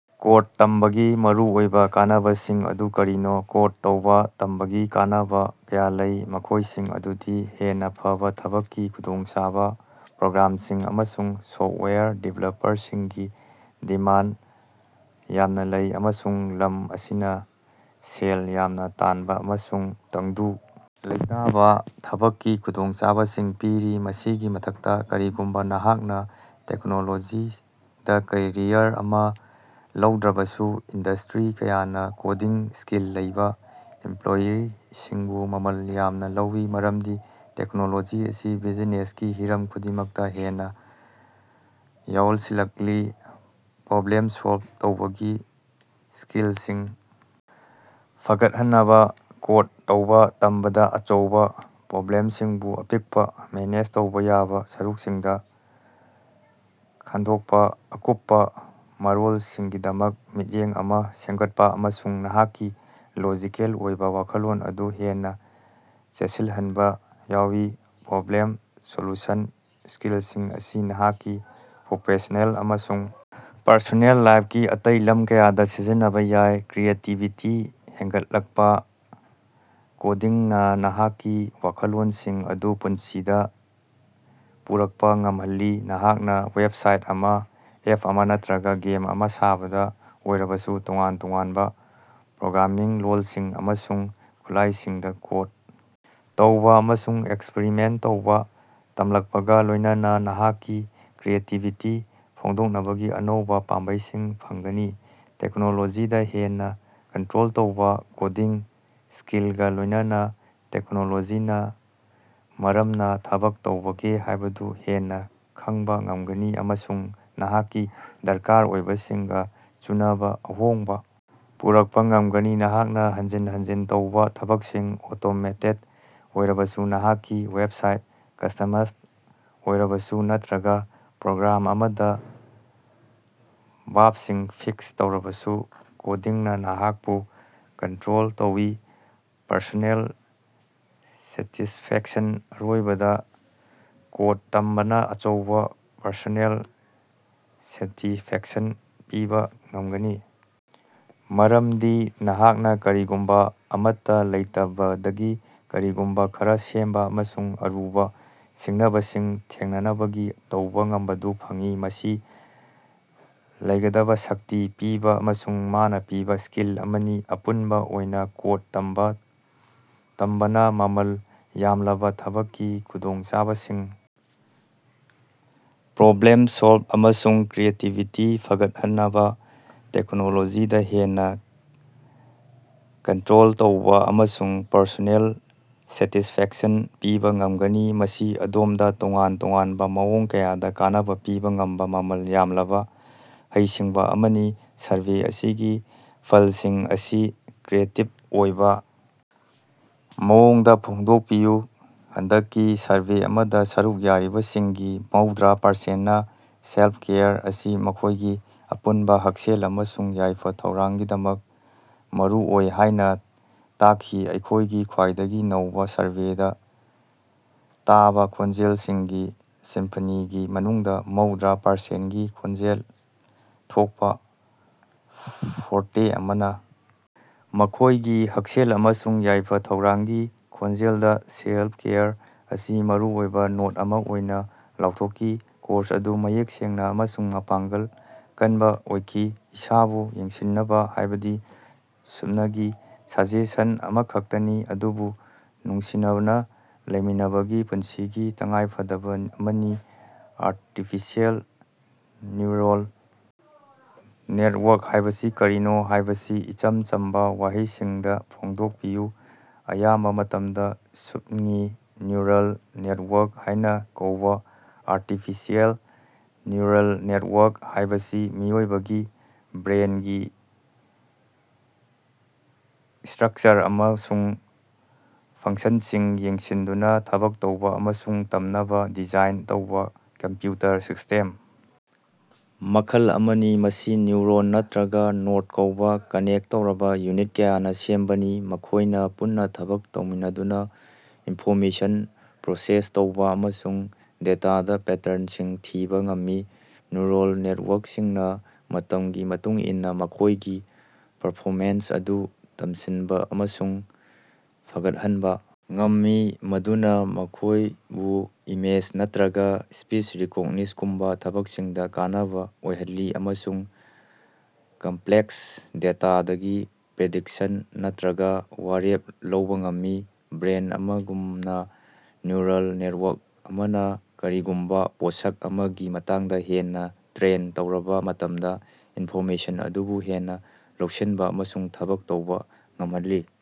Code ꯇꯝꯕꯒꯤ ꯃꯔꯨꯑꯣꯏꯕ ꯀꯥꯟꯅꯕꯁꯤꯡ ꯑꯗꯨ ꯀꯔꯤꯅꯣ? ꯀꯣꯗ ꯇꯧꯕ ꯇꯝꯕꯒꯤ ꯀꯥꯟꯅꯕ ꯀꯌꯥ ꯂꯩ, ꯃꯈꯣꯏꯁꯤꯡ ꯑꯗꯨꯗꯤ: ꯍꯦꯟꯅ ꯐꯕ ꯊꯕꯛꯀꯤ ꯈꯨꯗꯣꯡꯆꯥꯕ: ꯄ꯭ꯔꯣꯒ꯭ꯔꯥꯝꯁꯤꯡ ꯑꯃꯁꯨꯡ ꯁꯣꯐꯋꯦꯌꯔ ꯗꯤꯕꯦꯂꯞꯔꯁꯤꯡꯒꯤ ꯗꯤꯃꯥꯟꯗ ꯌꯥꯝꯅ ꯂꯩ, ꯑꯃꯁꯨꯡ ꯂꯝ ꯑꯁꯤꯅ ꯁꯦꯜ ꯌꯥꯝꯅ ꯇꯥꯟꯕ ꯑꯃꯁꯨꯡ ꯇꯪꯗꯨ ꯂꯩꯇꯥꯕ ꯊꯕꯛꯀꯤ ꯈꯨꯗꯣꯡꯆꯥꯕꯁꯤꯡ ꯄꯤꯔꯤ꯫ ꯃꯁꯤꯒꯤ ꯃꯊꯛꯇ, ꯀꯔꯤꯒꯨꯝꯕ ꯅꯍꯥꯛꯅ ꯇꯦꯛꯅꯣꯂꯣꯖꯤꯗ ꯀꯦꯔꯤꯌꯔ ꯑꯃ ꯂꯧꯗ꯭ꯔꯕꯁꯨ, ꯏꯟꯗꯁ꯭ꯠꯔꯤ ꯀꯌꯥꯅ ꯀꯣꯗꯤꯡ ꯁ꯭ꯀꯤꯜ ꯂꯩꯕ ꯏꯝꯄꯂꯣꯌꯤꯁꯤꯡꯕꯨ ꯃꯃꯜ ꯌꯥꯝꯅ ꯂꯧꯏ, ꯃꯔꯝꯗꯤ ꯇꯦꯛꯅꯣꯂꯣꯖꯤ ꯑꯁꯤ ꯕꯤꯖꯤꯅꯦꯁꯀꯤ ꯍꯤꯔꯝ ꯈꯨꯗꯤꯡꯃꯛꯇ ꯍꯦꯟꯅ ꯌꯥꯑꯣꯁꯤꯜꯂꯛꯂꯤ꯫ ꯄ꯭ꯔꯣꯕ꯭ꯂꯦꯝ ꯁꯣꯜꯕ ꯇꯧꯕꯒꯤ ꯁ꯭ꯀꯤꯜꯁꯤꯡ ꯐꯒꯠꯍꯅꯕ: ꯀꯣꯗ ꯇꯧꯕ ꯇꯝꯕꯗ ꯑꯆꯧꯕ ꯄ꯭ꯔꯣꯕ꯭ꯂꯦꯝꯁꯤꯡꯕꯨ ꯑꯄꯤꯛꯄ, ꯃꯦꯅꯦꯖ ꯇꯧꯕ ꯌꯥꯕ ꯁꯔꯨꯛꯁꯤꯡꯗ ꯈꯥꯐꯗꯣꯛꯄ, ꯑꯀꯨꯞꯄ ꯃꯔꯣꯜꯁꯤꯡꯒꯤꯗꯃꯛ ꯃꯤꯠꯌꯦꯡ ꯑꯃ ꯁꯦꯝꯒꯠꯄ ꯑꯃꯁꯨꯡ ꯅꯍꯥꯛꯀꯤ ꯂꯣꯖꯤꯀꯦꯜ ꯑꯣꯏꯕ ꯋꯥꯈꯜꯂꯣꯟ ꯑꯗꯨ ꯍꯦꯟꯅ ꯆꯦꯠꯁꯤꯜꯍꯟꯕ ꯌꯥꯑꯣꯏ꯫ ꯄ꯭ꯔꯣꯕ꯭ꯂꯦꯝ ꯁꯣꯜꯌꯨꯁꯟ ꯁ꯭ꯀꯤꯜꯁꯤꯡ ꯑꯁꯤ ꯅꯍꯥꯛꯀꯤ ꯄ꯭ꯔꯣꯐꯦꯁꯅꯦꯜ ꯑꯃꯁꯨꯡ ꯄꯔꯁꯣꯅꯦꯜ ꯂꯥꯏꯐꯀꯤ ꯑꯇꯩ ꯂꯝ ꯀꯌꯥꯗ ꯁꯤꯖꯤꯟꯅꯕ ꯌꯥꯏ꯫ ꯀ꯭ꯔꯤꯌꯦꯇꯤꯕꯤꯇꯤ ꯍꯦꯟꯒꯠꯂꯛꯄ: ꯀꯣꯗꯤꯡꯅ ꯅꯍꯥꯛꯀꯤ ꯋꯥꯈꯜꯂꯣꯅꯁꯤꯡ ꯑꯗꯨ ꯄꯨꯟꯁꯤꯗ ꯄꯨꯔꯛꯄ ꯉꯝꯍꯜꯂꯤ, ꯅꯍꯥꯛꯅ ꯋꯦꯕꯁꯥꯏꯠ ꯑꯃ, ꯑꯦꯞ ꯑꯃꯥ ꯅꯠꯇꯔꯒ ꯒꯦꯝ ꯑꯃ ꯁꯥꯕꯗ ꯑꯣꯏꯔꯕꯁꯨ꯫ ꯇꯣꯉꯥꯟ ꯇꯣꯉꯥꯟꯕ ꯄ꯭ꯔꯣꯒ꯭ꯔꯥꯃꯤꯡ ꯂꯣꯜꯁꯤꯡ ꯑꯃꯁꯨꯡ ꯈꯨꯠꯂꯥꯏꯁꯤꯡꯗ ꯀꯣꯗ ꯇꯧꯕ ꯑꯃꯁꯨꯡ ꯑꯦꯛꯁꯄꯔꯤꯃꯦꯟꯇ ꯇꯧꯕ ꯇꯝꯂꯛꯄꯒ ꯂꯣꯏꯅꯅ ꯅꯍꯥꯛꯀꯤ ꯀ꯭ꯔꯤꯌꯦꯇꯤꯕꯤꯇꯤ ꯐꯣꯡꯗꯣꯛꯅꯕꯒꯤ ꯑꯅꯧꯕ ꯄꯥꯝꯕꯩꯁꯤꯡ ꯐꯪꯒꯅꯤ꯫ ꯇꯦꯛꯅꯣꯂꯣꯖꯤꯗꯥ ꯍꯦꯟꯅ ꯀꯟꯠꯔꯣꯜ ꯇꯧꯕ: ꯀꯣꯗꯤꯡ ꯁ꯭ꯀꯤꯜꯒ ꯂꯣꯏꯅꯅ ꯇꯦꯛꯅꯣꯂꯣꯖꯤꯅ ꯃꯔꯝꯅ ꯊꯕꯛ ꯇꯧꯕꯒꯦ ꯍꯥꯏꯕꯗꯨ ꯍꯦꯟꯅ ꯈꯡꯕ ꯉꯝꯒꯅꯤ ꯑꯃꯁꯨꯡ ꯅꯍꯥꯛꯀꯤ ꯗꯔꯀꯥꯔ ꯑꯣꯏꯕꯁꯤꯡꯒ ꯆꯨꯅꯕ ꯑꯍꯣꯡꯕ ꯄꯨꯔꯛꯄ ꯉꯝꯒꯅꯤ꯫ ꯅꯍꯥꯛꯅ ꯍꯟꯖꯤꯟ ꯍꯟꯖꯤꯟ ꯇꯧꯕ ꯊꯕꯛꯁꯤꯡ ꯑꯣꯇꯣꯃꯦꯇꯦꯗ ꯑꯣꯏꯔꯕꯁꯨ, ꯅꯍꯥꯛꯀꯤ ꯋꯦꯕꯁꯥꯏꯠ ꯀꯁ꯭ꯇꯃꯁ ꯑꯣꯏꯔꯕꯁꯨ, ꯅꯠꯇꯔꯒ ꯄ꯭ꯔꯣꯒ꯭ꯔꯥꯝ ꯑꯃꯗ ꯕꯥꯒꯁꯤꯡ ꯐꯤꯛꯁ ꯇꯧꯔꯕꯁꯨ, ꯀꯣꯗꯤꯡꯅ ꯅꯍꯥꯛꯄꯨ ꯀꯟꯠꯔꯣꯜ ꯇꯧꯏ꯫ ꯄꯔꯁꯣꯅꯦꯜ ꯁꯦꯇꯤꯁꯐꯦꯛꯁꯟ: ꯑꯔꯣꯏꯕꯗ, ꯀꯣꯗ ꯇꯝꯕꯅ ꯑꯆꯧꯕ ꯄꯔꯁꯣꯅꯦꯜ ꯁꯦꯇꯤꯁꯐꯦꯛꯁꯟ ꯄꯤꯕ ꯉꯝꯒꯅꯤ, ꯃꯔꯝꯗꯤ ꯅꯍꯥꯛꯅ ꯀꯔꯤꯒꯨꯝꯕ ꯑꯃꯠꯇ ꯂꯩꯇꯕꯗꯒꯤ ꯀꯔꯤꯒꯨꯝꯕ ꯈꯔꯥ ꯁꯦꯝꯕ ꯑꯃꯁꯨꯡ ꯑꯔꯨꯕ ꯁꯤꯡꯅꯕꯁꯤꯡ ꯊꯦꯡꯅꯕꯒꯤ ꯇꯧꯕꯥ ꯉꯝꯕꯗꯨ ꯐꯪꯏ꯫ ꯃꯁꯤ ꯂꯩꯒꯗꯕ ꯁꯛꯇꯤ ꯄꯤꯕ ꯑꯃꯁꯨꯡ ꯃꯅꯥ ꯄꯤꯕ ꯁ꯭ꯀꯤꯜ ꯑꯃꯅꯤ꯫ ꯑꯄꯨꯟꯕꯥ ꯑꯣꯏꯅ, ꯀꯣꯗ ꯇꯝꯕ ꯇꯝꯕꯅ ꯃꯃꯜ ꯌꯥꯝꯂꯕ ꯊꯕꯛꯀꯤ ꯈꯨꯗꯣꯡꯆꯥꯕꯁꯤꯡ, ꯄ꯭ꯔꯣꯕ꯭ꯂꯦꯝ ꯁꯣꯜꯕ ꯑꯃꯁꯨꯡ ꯀ꯭ꯔꯤꯌꯦꯇꯤꯕꯤꯇꯤ ꯐꯒꯠꯍꯅꯕ, ꯇꯦꯛꯅꯣꯂꯣꯖꯤꯗ ꯍꯦꯟꯅ ꯀꯟꯇꯔꯣꯜ ꯇꯧꯕ, ꯑꯃꯁꯨꯡ ꯄꯔꯁꯣꯅꯦꯜ ꯁꯦꯇꯤꯁꯐꯦꯛꯁꯟ ꯄꯤꯕ ꯉꯝꯒꯅꯤ꯫ ꯃꯁꯤ ꯑꯗꯣꯝꯗ ꯇꯣꯉꯥꯟ ꯇꯣꯉꯥꯟꯕ ꯃꯑꯣꯡ ꯀꯌꯥꯗ ꯀꯥꯟꯅꯕ ꯄꯤꯕ ꯉꯝꯕ ꯃꯃꯜ ꯌꯥꯝꯂꯕ ꯍꯩꯁꯤꯡꯕ ꯑꯃꯅꯤ꯫ ꯁꯔꯚꯦ ꯑꯁꯤꯒꯤ ꯐꯜꯁꯤꯡ ꯑꯁꯤ ꯀ꯭ꯔꯤꯌꯦꯇꯤꯕ ꯑꯣꯏꯕ ꯃꯑꯣꯡꯗ ꯐꯣꯡꯗꯣꯀꯄꯤꯌꯨ꯫ ꯍꯟꯗꯛꯀꯤ ꯁꯔꯚꯦ ꯑꯃꯗ ꯁꯔꯨꯛ ꯌꯥꯔꯤꯕꯁꯤꯡꯒꯤ ꯃꯧꯗ꯭ꯔꯥ ꯄꯔꯁꯦꯟꯅꯥ ꯁꯦꯜꯐ-ꯀꯦꯌꯔ ꯑꯁꯤ ꯃꯈꯣꯏꯒꯤ ꯑꯄꯨꯟꯕ ꯍꯛꯁꯦꯜ ꯑꯃꯁꯨꯡ ꯌꯥꯏꯐ-ꯊꯧꯔꯥꯡꯒꯤꯗꯃꯛ ꯃꯔꯨꯑꯣꯏ ꯍꯥꯏꯅ ꯇꯥꯛꯈꯤ꯫ ꯑꯩꯈꯣꯏꯒꯤ ꯈ꯭ꯋꯥꯏꯗꯒꯤ ꯅꯧꯕ ꯁꯔꯚꯦꯗ ꯇꯥꯕ ꯈꯣꯟꯖꯦꯜꯁꯤꯡꯒꯤ ꯁꯤꯝꯐꯅꯤꯒꯤ ꯃꯅꯨꯡꯗ ꯃꯧꯗ꯭ꯔ ꯄꯔꯁꯦꯟꯒꯤ ꯈꯣꯟꯖꯦꯜ ꯊꯣꯛꯄ ꯐꯣꯔꯇꯦ ꯑꯃꯅ ꯃꯈꯣꯏꯒꯤ ꯍꯛꯁꯦꯜ ꯑꯃꯁꯨꯡ ꯌꯥꯏꯐ-ꯊꯧꯔꯥꯡꯒꯤ ꯈꯣꯟꯖꯦꯜꯗ ꯁꯦꯜꯐ-ꯀꯦꯌꯔ ꯑꯁꯤ ꯃꯔꯨꯑꯣꯏꯕ ꯅꯣꯠ ꯑꯃ ꯑꯣꯏꯅ ꯂꯥꯎꯊꯣꯛꯈꯤ꯫ ꯀꯣꯔꯁ ꯑꯗꯨ ꯃꯌꯦꯛ ꯁꯦꯡꯅ ꯑꯃꯁꯨꯡ ꯃꯄꯥꯡꯒꯜ ꯀꯅꯕ ꯑꯣꯏꯈꯤ; ꯏꯁꯥꯕꯨ ꯌꯦꯡꯁꯤꯅꯕ ꯍꯥꯏꯕꯁꯤ ꯁꯨꯞꯅꯒꯤ ꯁꯖꯦꯁꯟ ꯑꯃꯈꯛꯇꯅꯤ, ꯑꯗꯨꯕꯨ ꯅꯨꯡꯁꯤꯅꯕꯅ ꯂꯩꯃꯤꯟꯅꯕꯒꯤ ꯄꯨꯟꯁꯤꯒꯤ ꯇꯉꯥꯏꯐꯗꯕꯥꯑꯃꯅꯤ꯫ ꯑꯥꯔꯇꯤꯐꯤꯁꯤꯑꯦꯜ ꯅ꯭ꯌꯨꯔ‌ꯣꯜ ꯅꯦꯇꯋꯥꯔꯛ ꯍꯥꯏꯕꯁꯤ ꯀꯔꯤꯅꯣ ꯍꯥꯏꯕꯁꯤ ꯏꯆꯝ ꯆꯝꯕ ꯋꯥꯍꯩꯁꯤꯡꯗ ꯐꯣꯡꯗꯣꯛꯄꯤꯌꯨ꯫ ꯑꯌꯥꯝꯕ ꯃꯇꯝꯗ ꯁꯨꯞꯉꯤ "ꯅ꯭ꯌꯨꯔꯜ ꯅꯦꯇꯋꯥꯔꯛ" ꯍꯥꯏꯅ ꯀꯧꯕ ꯑꯥꯔꯇꯤꯐꯤꯁꯤꯑꯦꯜ ꯅ꯭ꯌꯨꯔꯜ ꯅꯦꯠꯋꯥꯔꯛ ꯍꯥꯏꯕꯁꯤ ꯃꯤꯑꯣꯏꯕꯒꯤ ꯕ꯭ꯔꯦꯟꯒꯤ ꯏꯁꯇꯔꯛꯆꯔ ꯑꯃꯁꯨꯡ ꯐꯡꯁꯟꯁꯤꯡ ꯌꯦꯡꯁꯤꯟꯗꯨꯅ ꯊꯕꯛ ꯇꯧꯕ ꯑꯃꯁꯨꯡ ꯇꯝꯅꯕ ꯗꯤꯖꯥꯏꯟ ꯇꯧꯕ ꯀꯝꯄꯌꯨꯇꯔ ꯁꯤꯁ꯭ꯇꯦꯝ ꯃꯈꯜ ꯑꯃꯅꯤ꯫ ꯃꯁꯤ ꯅ꯭ꯌꯨꯔꯣꯟ ꯅꯠꯇꯔꯒ ꯅꯣꯗ ꯀꯧꯕ ꯀꯅꯦꯛ ꯇꯧꯔꯕ ꯌꯨꯅꯤꯠ ꯀꯌꯥꯅ ꯁꯦꯝꯕꯅꯤ, ꯃꯈꯣꯏꯅ ꯄꯨꯟꯅ ꯊꯕꯛ ꯇꯧꯃꯤꯟꯅꯗꯨꯅ ꯏꯟꯐꯣꯔꯃꯦꯁꯟ ꯄ꯭ꯔꯣꯁꯦꯁ ꯇꯧꯕ ꯑꯃꯁꯨꯡ ꯗꯦꯇꯥꯗ ꯄꯦꯇꯔꯟꯁꯤꯡ ꯊꯤꯕ ꯉꯝꯃꯤ꯫ ꯅ꯭ꯌꯨꯔꯜ ꯅꯦꯇꯋꯥꯔꯛꯁꯤꯡꯅ ꯃꯇꯝꯒꯤ ꯃꯇꯨꯡꯏꯟꯅ ꯃꯈꯣꯏꯒꯤ ꯄꯔꯐꯣꯃꯦꯟꯁ ꯑꯗꯨ ꯇꯝꯁꯤꯟꯕꯥꯑꯃꯁꯨꯡ ꯐꯒꯠꯍꯟꯕ ꯉꯝꯃꯤ, ꯃꯗꯨꯅ ꯃꯈꯣꯐꯕꯨ ꯏꯃꯦꯖ ꯅꯠꯇꯔꯒ ꯁ꯭ꯄꯤꯆ ꯔꯤꯀꯣꯒꯅꯤꯁꯉꯨꯝꯕ ꯊꯕꯛꯁꯤꯡꯗ ꯀꯥꯟꯅꯕ ꯑꯣꯏꯍꯜꯂꯤ, ꯑꯃꯁꯨꯡ ꯀꯝꯄꯂꯦꯛꯁ ꯗꯦꯇꯥꯗꯒꯤ ꯄ꯭ꯔꯤꯗꯤꯛꯁꯟ ꯅꯠꯇꯔꯒꯥ ꯋꯥꯔꯦꯞ ꯂꯧꯕ ꯉꯝꯃꯤ꯫ ꯕ꯭ꯔꯦꯟ ꯑꯃꯒꯨꯝꯅ, ꯅ꯭ꯌꯨꯔꯜ ꯅꯦꯇꯋꯥꯔꯛ ꯑꯃꯅꯥ ꯀꯔꯤꯒꯨꯝꯕ ꯄꯣꯠꯁꯛ ꯑꯃꯒꯤ ꯃꯇꯥꯡꯗ ꯍꯦꯟꯅ ꯇ꯭ꯔꯦꯟ ꯇꯧꯔꯕ ꯃꯇꯝꯗ, ꯏꯟꯐꯣꯔꯃꯦꯁꯟ ꯑꯗꯨꯕꯨ ꯍꯦꯟꯅ ꯂꯧꯁꯤꯟꯕ ꯑꯃꯁꯨꯡ ꯊꯕꯛ ꯇꯧꯕ ꯉꯃꯍꯜꯂꯤ꯫